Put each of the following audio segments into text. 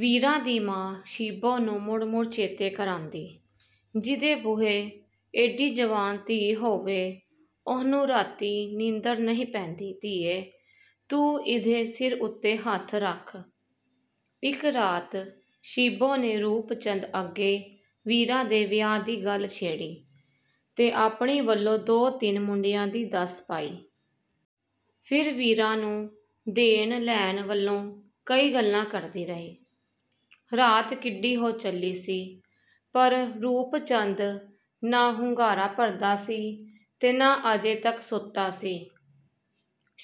ਵੀਰਾਂ ਦੀ ਮਾਂ ਸ਼ਿੱਬੋ ਨੂੰ ਮੁੜ-ਮੁੜ ਚੇਤੇ ਕਰਾਂਦੀ, “ਜਿਹਦੇ ਬੂਹੇ ਏਡੀ ਜਵਾਨ ਧੀ ਹੋਵੇ, ਉਹਨੂੰ ਰਾਤੀਂ ਨੀਂਦਰ ਨਹੀਂ ਪੈਂਦੀ, ਧੀਏ! ਤੂੰ ਇਹਦੇ ਸਿਰ ਉੱਤੇ ਹੱਥ ਰੱਖ...” ਇੱਕ ਰਾਤ ਸ਼ਿੱਬੋ ਨੇ ਰੂਪ ਚੰਦ ਅੱਗੇ ਵੀਰਾਂ ਦੇ ਵਿਆਹ ਦੀ ਗੱਲ ਛੇੜੀ ਤੇ ਆਪਣੀ ਵੱਲੋਂ ਦੋ-ਤਿੰਨ ਮੁੰਡਿਆਂ ਦੀ ਦੱਸ ਪਾਈ। ਫਿਰ ਵੀਰਾਂ ਨੂੰ ਦੇਣ-ਲੈਣ ਵੱਲੋਂ ਕਈ ਗੱਲਾਂ ਕਰਦੀ ਰਹੀ। ਰਾਤ ਕਿੱਡੀ ਹੋ ਚੱਲੀ ਸੀ, ਪਰ ਰੂਪ ਚੰਦ ਨਾ ਹੁੰਗਾਰਾ ਭਰਦਾ ਸੀ ਤੇ ਨਾ ਅਜੇ ਤੱਕ ਸੁੱਤਾ ਸੀ।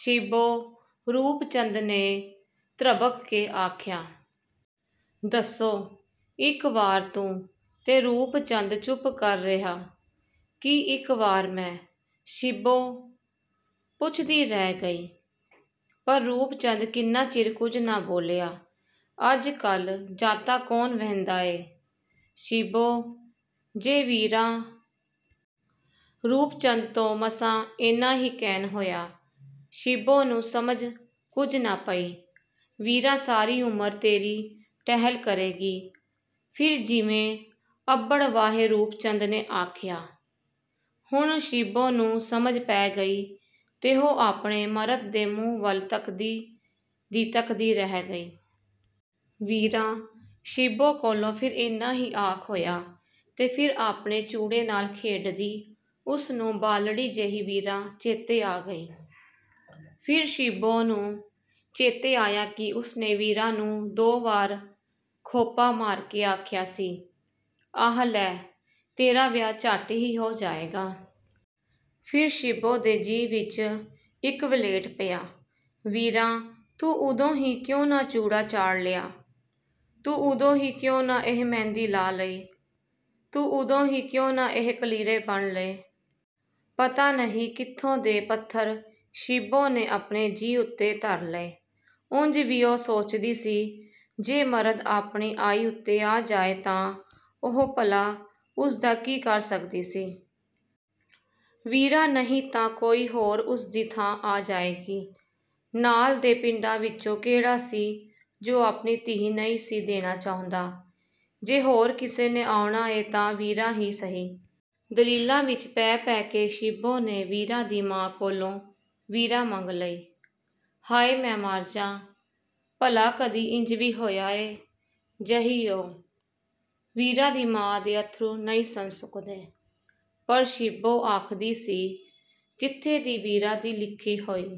“ਸ਼ਿੱਬੋ?” ਰੂਪ ਚੰਦ ਨੇ ਤ੍ਰਭਕ ਕੇ ਆਖਿਆ। “ਦੱਸੋ।” “ਇੱਕ ਵਾਰ ਤੂੰ...” ਤੇ ਰੂਪ ਚੰਦ ਚੁੱਪ ਕਰ ਰਿਹਾ। “ਕੀ ਇੱਕ ਵਾਰ ਮੈਂ...?” ਸ਼ਿੱਬੋ ਪੁੱਛਦੀ ਰਹਿ ਗਈ, ਪਰ ਰੂਪ ਚੰਦ ਕਿੰਨਾ ਚਿਰ ਕੁਝ ਨਾ ਬੋਲਿਆ। “ਅੱਜ-ਕੱਲ੍ਹ ਜਾਤਾਂ ਕੌਣ ਵੇਂਹਦਾ ਏ, ਸ਼ਿੱਬੋ। ਜੇ ਵੀਰਾਂ...” ਰੂਪ ਚੰਦ ਤੋਂ ਮਸਾਂ ਇੰਨਾ ਹੀ ਕਹਿਣ ਹੋਇਆ। ਸ਼ਿੱਬੋ ਨੂੰ ਸਮਝ ਕੁਝ ਨਾ ਪਈ। “ਵੀਰਾਂ ਸਾਰੀ ਉਮਰ ਤੇਰੀ ਟਹਿਲ ਕਰੇਗੀ...” ਫਿਰ ਜਿਵੇਂ ਅੱਬੜ-ਵਾਹੇ ਰੂਪ ਚੰਦ ਨੇ ਆਖਿਆ। ਹੁਣ ਸ਼ਿੱਬੋ ਨੂੰ ਸਮਝ ਪੈ ਗਈ ਤੇ ਉਹ ਆਪਣੇ ਮਰਦ ਦੇ ਮੂੰਹ ਵੱਲ ਤੱਕਦੀ ਦੀ ਤੱਕਦੀ ਰਹਿ ਗਈ। “ਵੀਰਾਂ...” ਸ਼ਿੱਬੋ ਕੋਲੋਂ ਫਿਰ ਇੰਨਾ ਹੀ ਆਖ ਹੋਇਆ ਤੇ ਫਿਰ ਆਪਣੇ ਚੂੜੇ ਨਾਲ ਖੇਡਦੀ ਉਸ ਨੂੰ ਬਾਲੜੀ ਜਿਹੀ ਵੀਰਾਂ ਚੇਤੇ ਆ ਗਈ। ਫਿਰ ਸ਼ਿੱਬੋ ਨੂੰ ਚੇਤੇ ਆਇਆ ਕਿ ਉਸ ਨੇ ਵੀਰਾਂ ਨੂੰ ਦੋ ਵਾਰ ਖੋਪਾ ਮਾਰ ਕੇ ਆਖਿਆ ਸੀ, “ਆਹ ਲੈ, ਤੇਰਾ ਵਿਆਹ ਝੱਟ ਹੀ ਹੋ ਜਾਏਗਾ।” ਫਿਰ ਸ਼ਿੱਬੋ ਦੇ ਜੀਅ ਵਿੱਚ ਇੱਕ ਵਲ੍ਹੇਟ ਪਿਆ। “ਵੀਰਾਂ, ਤੂੰ ਉਦੋਂ ਹੀ ਕਿਉਂ ਨਾ ਚੂੜਾ ਚਾੜ੍ਹ ਲਿਆ... ਤੂੰ ਉਦੋਂ ਹੀ ਕਿਉਂ ਨਾ ਇਹ ਮਹਿੰਦੀ ਲਾ ਲਈ... ਤੂੰ ਉਦੋਂ ਹੀ ਕਿਉਂ ਨਾ ਇਹ ਕਲੀਰੇ ਬੰਨ੍ਹ ਲਏ...” ਪਤਾ ਨਹੀਂ ਕਿੱਥੋਂ ਦੇ ਪੱਥਰ ਸ਼ਿੱਬੋ ਨੇ ਆਪਣੇ ਜੀਅ ਉੱਤੇ ਧਰ ਲਏ। ਉਂਝ ਵੀ ਉਹ ਸੋਚਦੀ ਸੀ, ਜੇ ਮਰਦ ਆਪਣੀ ਆਈ ਉੱਤੇ ਆ ਜਾਏ ਤਾਂ ਉਹ ਭਲਾ ਉਸ ਦਾ ਕੀ ਕਰ ਸਕਦੀ ਸੀ। ਵੀਰਾਂ ਨਹੀਂ ਤਾਂ ਕੋਈ ਹੋਰ ਉਸ ਦੀ ਥਾਂ ਆ ਜਾਏਗੀ। ਨਾਲ ਦੇ ਪਿੰਡਾਂ ਵਿੱਚੋਂ ਕੇਹੜਾ ਸੀ ਜੋ ਆਪਣੀ ਧੀ ਨਹੀਂ ਸੀ ਦੇਣਾ ਚਾਹੁੰਦਾ? “ਜੇ ਹੋਰ ਕਿਸੇ ਨੇ ਆਉਣਾ ਏ ਤਾਂ ਵੀਰਾਂ ਹੀ ਸਹੀ...” ਦਲੀਲਾਂ ਵਿੱਚ ਪੈ-ਪੈ ਕੇ ਸ਼ਿੱਬੋ ਨੇ ਵੀਰਾਂ ਦੀ ਮਾਂ ਕੋਲੋਂ ਵੀਰਾਂ ਮੰਗ ਲਈ। “ਹਾਏ, ਮੈਂ ਮਰ ਜਾਂ... ਭਲਾ ਕਦੀ ਇੰਜ ਵੀ ਹੋਇਆ ਏ... ਜਹੀ ਉਹ...” ਵੀਰਾਂ ਦੀ ਮਾਂ ਦੇ ਅੱਥਰੂ ਨਹੀਂ ਸਨ ਸੁੱਕਦੇ, ਪਰ ਸ਼ਿੱਬੋ ਆਖਦੀ ਸੀ, “ਜਿੱਥੇ ਦੀ ਵੀਰਾਂ ਦੀ ਲਿਖੀ ਹੋਈ...”